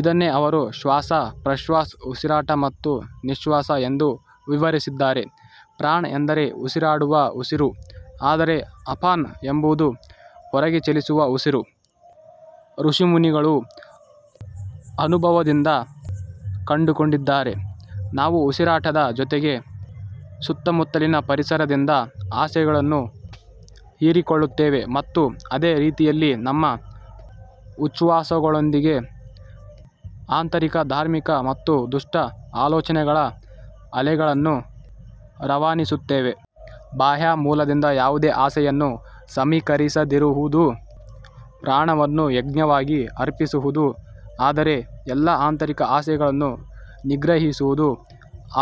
ಇದನ್ನೇ ಅವರು ಶ್ವಾಸ ಪ್ರಶ್ವಾಸ್ ಉಸಿರಾಟ ಮತ್ತು ನಿಶ್ವಾಸ ಎಂದೂ ವಿವರಿಸಿದ್ದಾರೆ ಪ್ರಾಣ್ ಎಂದರೆ ಉಸಿರಾಡುವ ಉಸಿರು ಆದರೆ ಅಪಾನ್ ಎಂಬುದು ಹೊರಗೆ ಚಲಿಸುವ ಉಸಿರು ಋಷಿಮುನಿಗಳು ಅನುಭವದಿಂದ ಕಂಡುಕೊಂಡಿದ್ದಾರೆ, ನಾವು ಉಸಿರಾಟದ ಜೊತೆಗೆ ಸುತ್ತಮುತ್ತಲಿನ ಪರಿಸರದಿಂದ ಆಸೆಗಳನ್ನು ಹೀರಿಕೊಳ್ಳುತ್ತೇವೆ ಮತ್ತು ಅದೇ ರೀತಿಯಲ್ಲಿ ನಮ್ಮ ಉಚ್ಛ್ವಾಸಗಳೊಂದಿಗೆ ಆಂತರಿಕ ಧಾರ್ಮಿಕ ಮತ್ತು ದುಷ್ಟ ಆಲೋಚನೆಗಳ ಅಲೆಗಳನ್ನು ರವಾನಿಸುತ್ತೇವೆ. ಬಾಹ್ಯ ಮೂಲದಿಂದ ಯಾವುದೇ ಆಸೆಯನ್ನು ಸಮೀಕರಿಸದಿರುವುದು ಪ್ರಾಣವನ್ನು ಯಜ್ಞವಾಗಿ ಅರ್ಪಿಸುವುದು ಆದರೆ ಎಲ್ಲಾ ಆಂತರಿಕ ಆಸೆಗಳನ್ನು ನಿಗ್ರಹಿಸುವುದು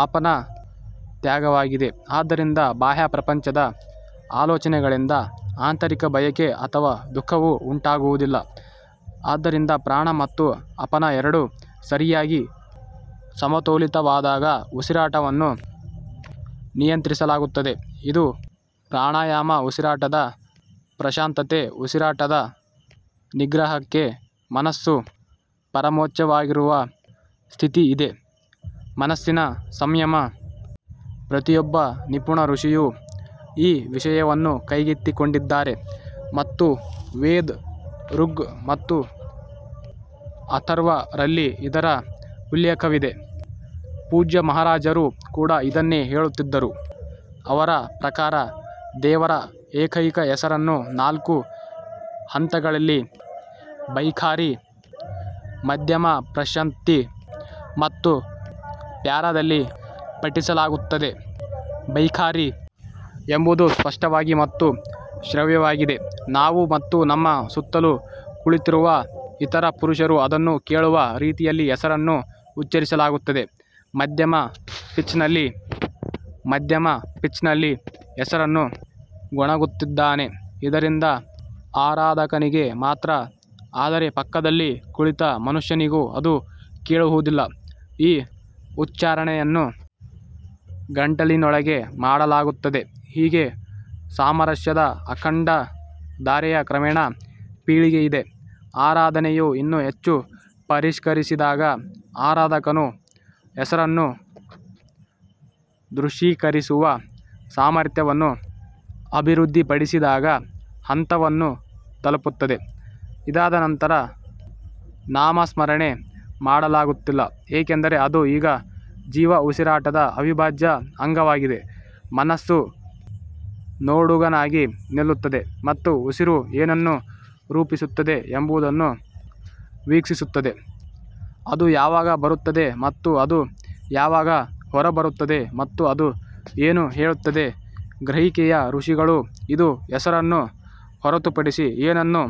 ಅಪನ ತ್ಯಾಗವಾಗಿದೆ, ಆದ್ದರಿಂದ ಬಾಹ್ಯ ಪ್ರಪಂಚದ ಆಲೋಚನೆಗಳಿಂದ ಆಂತರಿಕ ಬಯಕೆ ಅಥವಾ ದುಃಖವು ಉಂಟಾಗುವುದಿಲ್ಲ. ಆದ್ದರಿಂದ ಪ್ರಾಣ ಮತ್ತು ಅಪನ ಎರಡೂ ಸರಿಯಾಗಿ ಸಮತೋಲಿತವಾದಾಗ ಉಸಿರಾಟವನ್ನು ನಿಯಂತ್ರಿಸಲಾಗುತ್ತದೆ ಇದು ಪ್ರಾಣಾಯಾಮ ಉಸಿರಾಟದ ಪ್ರಶಾಂತತೆ ಉಸಿರಾಟದ ನಿಗ್ರಹಕ್ಕೆ ಮನಸ್ಸು ಪರಮೋಚ್ಚವಾಗಿರುವ ಸ್ಥಿತಿ ಇದೇ ಮನಸ್ಸಿನ ಸಂಯಮ. ಪ್ರತಿಯೊಬ್ಬ ನಿಪುಣ ಋಷಿಯೂ ಈ ವಿಷಯವನ್ನು ಕೈಗೆತ್ತಿಕೊಂಡಿದ್ದಾರೆ ಮತ್ತು ವೇದ ಋಗ್ ಮತ್ತು ಅಥರ್ವ ರಲ್ಲಿ ಇದರ ಉಲ್ಲೇಖವಿದೆ. ಪೂಜ್ಯ ಮಹಾರಾಜರು ಕೂಡ ಇದನ್ನೇ ಹೇಳುತ್ತಿದ್ದರು ಅವರ ಪ್ರಕಾರ ದೇವರ ಏಕೈಕ ಹೆಸರನ್ನು ನಾಲ್ಕು ಹಂತಗಳಲ್ಲಿ ಬೈಖಾರಿ ಮಧ್ಯಮ ಪಶ್ಯಂತಿ ಮತ್ತು ಪ್ಯಾರಾದಲ್ಲಿ ಪಠಿಸಲಾಗುತ್ತದೆ ಬೈಖಾರಿ ಎಂಬುದು ಸ್ಪಷ್ಟವಾಗಿ ಮತ್ತು ಶ್ರವ್ಯವಾಗಿದೆ ನಾವು ಮತ್ತು ನಮ್ಮ ಸುತ್ತಲೂ ಕುಳಿತಿರುವ ಇತರ ಪುರುಷರು ಅದನ್ನು ಕೇಳುವ ರೀತಿಯಲ್ಲಿ ಹೆಸರನ್ನು ಉಚ್ಚರಿಸಲಾಗುತ್ತದೆ ಮಧ್ಯಮ ಪಿಚ್ನಲ್ಲಿ ಮಧ್ಯಮ ಪಿಚ್ನಲ್ಲಿ ಹೆಸರನ್ನು ಗೊಣಗುತ್ತಿದ್ದಾನೆ ಇದರಿಂದ ಆರಾಧಕನಿಗೆ ಮಾತ್ರ ಆದರೆ ಪಕ್ಕದಲ್ಲಿ ಕುಳಿತ ಮನುಷ್ಯನಿಗೂ ಅದು ಕೇಳುವುದಿಲ್ಲ ಈ ಉಚ್ಚಾರಣೆಯನ್ನು ಗಂಟಲಿನೊಳಗೆ ಮಾಡಲಾಗುತ್ತದೆ ಹೀಗೆ ಸಾಮರಸ್ಯದ ಅಖಂಡ ಧಾರೆಯ ಕ್ರಮೇಣ ಪೀಳಿಗೆಯಿದೆ ಆರಾಧನೆಯು ಇನ್ನೂ ಹೆಚ್ಚು ಪರಿಷ್ಕರಿಸಿದಾಗ ಆರಾಧಕನು ಹೆಸರನ್ನು ದೃಶ್ಯೀಕರಿಸುವ ಸಾಮರ್ಥ್ಯವನ್ನು ಅಭಿವೃದ್ಧಿಪಡಿಸಿದಾಗ ಹಂತವನ್ನು ತಲುಪುತ್ತದೆ ಇದಾದ ನಂತರ ನಾಮಸ್ಮರಣೆ ಮಾಡಲಾಗುತ್ತಿಲ್ಲ ಏಕೆಂದರೆ ಅದು ಈಗ ಜೀವ ಉಸಿರಾಟದ ಅವಿಭಾಜ್ಯ ಅಂಗವಾಗಿದೆ ಮನಸ್ಸು ನೋಡುಗನಾಗಿ ನಿಲ್ಲುತ್ತದೆ ಮತ್ತು ಉಸಿರು ಏನನ್ನು ರೂಪಿಸುತ್ತದೆ ಎಂಬುದನ್ನು ವೀಕ್ಷಿಸುತ್ತದೆ ಅದು ಯಾವಾಗ ಬರುತ್ತದೆ ಮತ್ತು ಅದು ಯಾವಾಗ ಹೊರಬರುತ್ತದೆ ಮತ್ತು ಅದು ಏನು ಹೇಳುತ್ತದೆ ಗ್ರಹಿಕೆಯ ಋಷಿಗಳು ಇದು ಹೆಸರನ್ನು ಹೊರತುಪಡಿಸಿ ಏನನ್ನೂ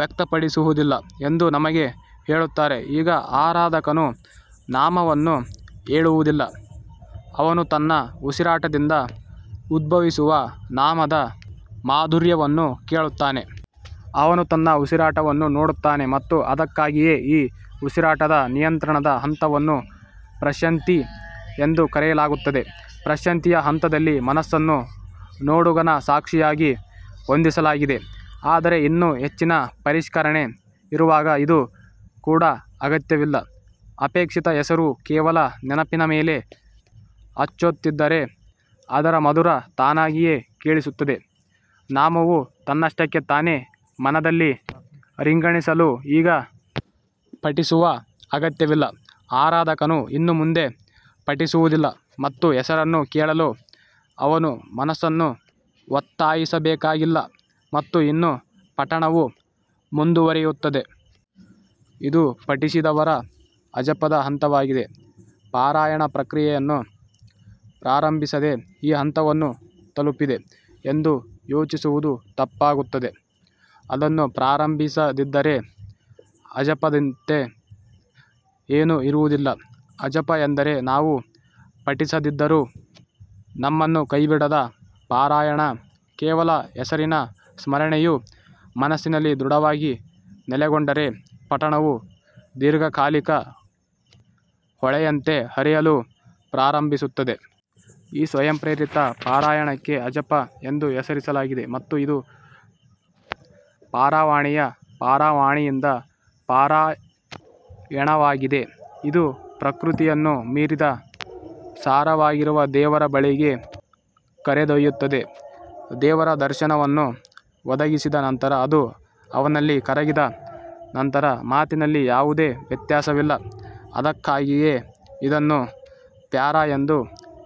ವ್ಯಕ್ತಪಡಿಸುವುದಿಲ್ಲ ಎಂದು ನಮಗೆ ಹೇಳುತ್ತಾರೆ ಈಗ ಆರಾಧಕನು ನಾಮವನ್ನು ಹೇಳುವುದಿಲ್ಲ, ಅವನು ತನ್ನ ಉಸಿರಾಟದಿಂದ ಉದ್ಭವಿಸುವ ನಾಮದ ಮಾಧುರ್ಯವನ್ನು ಕೇಳುತ್ತಾನೆ. ಅವನು ತನ್ನ ಉಸಿರಾಟವನ್ನು ನೋಡುತ್ತಾನೆ ಮತ್ತು ಅದಕ್ಕಾಗಿಯೇ ಈ ಉಸಿರಾಟದ ನಿಯಂತ್ರಣದ ಹಂತವನ್ನು ಪಶ್ಯಂತಿ ಎಂದು ಕರೆಯಲಾಗುತ್ತದೆ ಪಶ್ಯಂತಿಯ ಹಂತದಲ್ಲಿ ಮನಸ್ಸನ್ನು ನೋಡುಗನ ಸಾಕ್ಷಿಯಾಗಿ ಹೊಂದಿಸಲಾಗಿದೆ ಆದರೆ ಇನ್ನೂ ಹೆಚ್ಚಿನ ಪರಿಷ್ಕರಣೆ ಇರುವಾಗ ಇದು ಕೂಡ ಅಗತ್ಯವಿಲ್ಲ ಅಪೇಕ್ಷಿತ ಹೆಸರು ಕೇವಲ ನೆನಪಿನ ಮೇಲೆ ಅಚ್ಚೊತ್ತಿದರೆ ಅದರ ಮಧುರ ತಾನಾಗಿಯೇ ಕೇಳಿಸುತ್ತದೆ ನಾಮವು ತನ್ನಷ್ಟಕ್ಕೆ ತಾನೆ ಮನದಲ್ಲಿ ರಿಂಗಣಿಸಲು ಈಗ ಪಠಿಸುವ ಅಗತ್ಯವಿಲ್ಲ ಆರಾಧಕನು ಇನ್ನು ಮುಂದೆ ಪಠಿಸುವುದಿಲ್ಲ ಮತ್ತು ಹೆಸರನ್ನು ಕೇಳಲು ಅವನು ಮನಸ್ಸನ್ನು ಒತ್ತಾಯಿಸಬೇಕಾಗಿಲ್ಲ ಮತ್ತು ಇನ್ನೂ ಪಠಣವು ಮುಂದುವರಿಯುತ್ತದೆ. ಇದು ಪಠಿಸದವರ ಅಜಪದ ಹಂತವಾಗಿದೆ ಪಾರಾಯಣ ಪ್ರಕ್ರಿಯೆಯನ್ನು ಪ್ರಾರಂಭಿಸದೆ ಈ ಹಂತವನ್ನು ತಲುಪಿದೆ ಎಂದು ಯೋಚಿಸುವುದು ತಪ್ಪಾಗುತ್ತದೆ ಅದನ್ನು ಪ್ರಾರಂಭಿಸದಿದ್ದರೆ ಅಜಪದಂತೆ ಏನೂ ಇರುವುದಿಲ್ಲ ಅಜಪ ಎಂದರೆ ನಾವು ಪಠಿಸದಿದ್ದರೂ ನಮ್ಮನ್ನು ಕೈಬಿಡದ ಪಾರಾಯಣ ಕೇವಲ ಹೆಸರಿನ ಸ್ಮರಣೆಯು ಮನಸ್ಸಿನಲ್ಲಿ ದೃಢವಾಗಿ ನೆಲೆಗೊಂಡರೆ, ಪಠಣವು ದೀರ್ಘಕಾಲಿಕ ಹೊಳೆಯಂತೆ ಹರಿಯಲು ಪ್ರಾರಂಭಿಸುತ್ತದೆ. ಈ ಸ್ವಯಂಪ್ರೇರಿತ ಪಾರಾಯಣಕ್ಕೆ ಅಜಪ ಎಂದು ಹೆಸರಿಸಲಾಗಿದೆ ಮತ್ತು ಇದು ಪಾರವಾಣಿಯ ಪಾರವಣಿಯಿಂದ ಪಾರಾಯಣವಾಗಿದೆ. ಇದು ಪ್ರಕೃತಿಯನ್ನು ಮೀರಿದ ಸಾರವಾಗಿರುವ ದೇವರ ಬಳಿಗೆ ಕರೆದೊಯ್ಯುತ್ತದೆ ದೇವರ ದರ್ಶನವನ್ನು ಒದಗಿಸಿದ ನಂತರ ಅದು ಅವನಲ್ಲಿ ಕರಗಿದ ನಂತರ ಮಾತಿನಲ್ಲಿ ಯಾವುದೇ ವ್ಯತ್ಯಾಸವಿಲ್ಲ ಅದಕ್ಕಾಗಿಯೇ ಇದನ್ನು ಪ್ಯಾರಾ ಎಂದು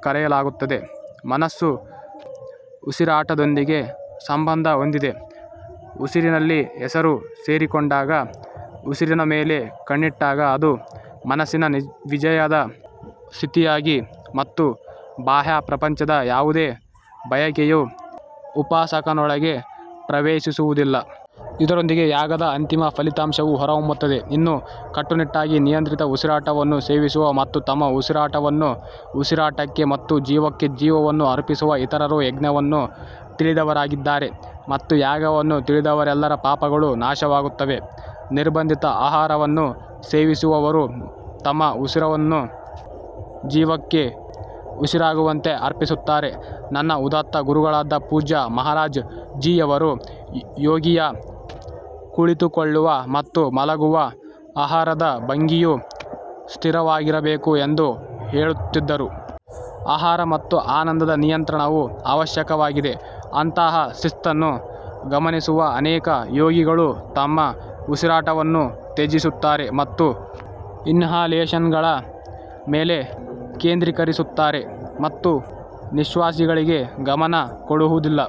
ಕರೆಯಲಾಗುತ್ತದೆ ಮನಸ್ಸು ಉಸಿರಾಟದೊಂದಿಗೆ ಸಂಬಂಧ ಹೊಂದಿದೆ ಉಸಿರಿನಲ್ಲಿ ಹೆಸರು ಸೇರಿಕೊಂಡಾಗ ಉಸಿರಿನ ಮೇಲೆ ಕಣ್ಣಿಟ್ಟಾಗ ಅದು ಮನಸ್ಸಿನ ವಿಜಯದ ಸ್ಥಿತಿಯಾಗಿದೆ ಮತ್ತು ಬಾಹ್ಯ ಪ್ರಪಂಚದ ಯಾವುದೇ ಬಯಕೆಯು ಉಪಾಸಕನೊಳಗೆ ಪ್ರವೇಶಿಸುವುದಿಲ್ಲ. ಇದರೊಂದಿಗೆ ಯಾಗದ ಅಂತಿಮ ಫಲಿತಾಂಶವು ಹೊರಹೊಮ್ಮುತ್ತದೆ ಇನ್ನೂ ಕಟ್ಟುನಿಟ್ಟಾಗಿ ನಿಯಂತ್ರಿತ ಉಸಿರಾಟವನ್ನು ಸೇವಿಸುವ ಮತ್ತು ತಮ್ಮ ಉಸಿರಾಟವನ್ನು ಉಸಿರಾಟಕ್ಕೆ ಮತ್ತು ಜೀವಕ್ಕೆ ಜೀವವನ್ನು ಅರ್ಪಿಸುವ ಇತರರು ಯಜ್ಞವನ್ನು ತಿಳಿದವರಾಗಿದ್ದಾರೆ ಮತ್ತು ಯಾಗವನ್ನು ತಿಳಿದವರೆಲ್ಲರ ಪಾಪಗಳು ನಾಶವಾಗುತ್ತವೆ. ನಿರ್ಬಂಧಿತ ಆಹಾರವನ್ನು ಸೇವಿಸುವವರು ತಮ್ಮ ಉಸಿರನ್ನು ಜೀವಕ್ಕೆ ಉಸಿರಾಗುವಂತೆ ಅರ್ಪಿಸುತ್ತಾರೆ ನನ್ನ ಉದಾತ್ತ ಗುರುಗಳಾದ ಪೂಜ್ಯ ಮಹಾರಾಜ್ ಜೀಯವರು ಯೋಗಿಯ ಕುಳಿತುಕೊಳ್ಳುವ ಮತ್ತು ಮಲಗುವ ಆಹಾರದ ಭಂಗಿಯು ಸ್ಥಿರವಾಗಿರಬೇಕು ಎಂದು ಹೇಳುತ್ತಿದ್ದರು. ಆಹಾರ ಮತ್ತು ಆನಂದದ ನಿಯಂತ್ರಣವು ಅವಶ್ಯಕವಾಗಿದೆ ಅಂತಹ ಶಿಸ್ತನ್ನು ಗಮನಿಸುವ ಅನೇಕ ಯೋಗಿಗಳು ತಮ್ಮ ಉಸಿರಾಟವನ್ನು ತ್ಯಜಿಸುತ್ತಾರೆ ಮತ್ತು ಇನ್ಹಲೇಷನ್ಗಳ ಮೇಲೆ ಕೇಂದ್ರೀಕರಿಸುತ್ತಾರೆ ಮತ್ತು ನಿಶ್ವಾಸಗಳಿಗೆ ಗಮನ ಕೊಡುವುದಿಲ್ಲ.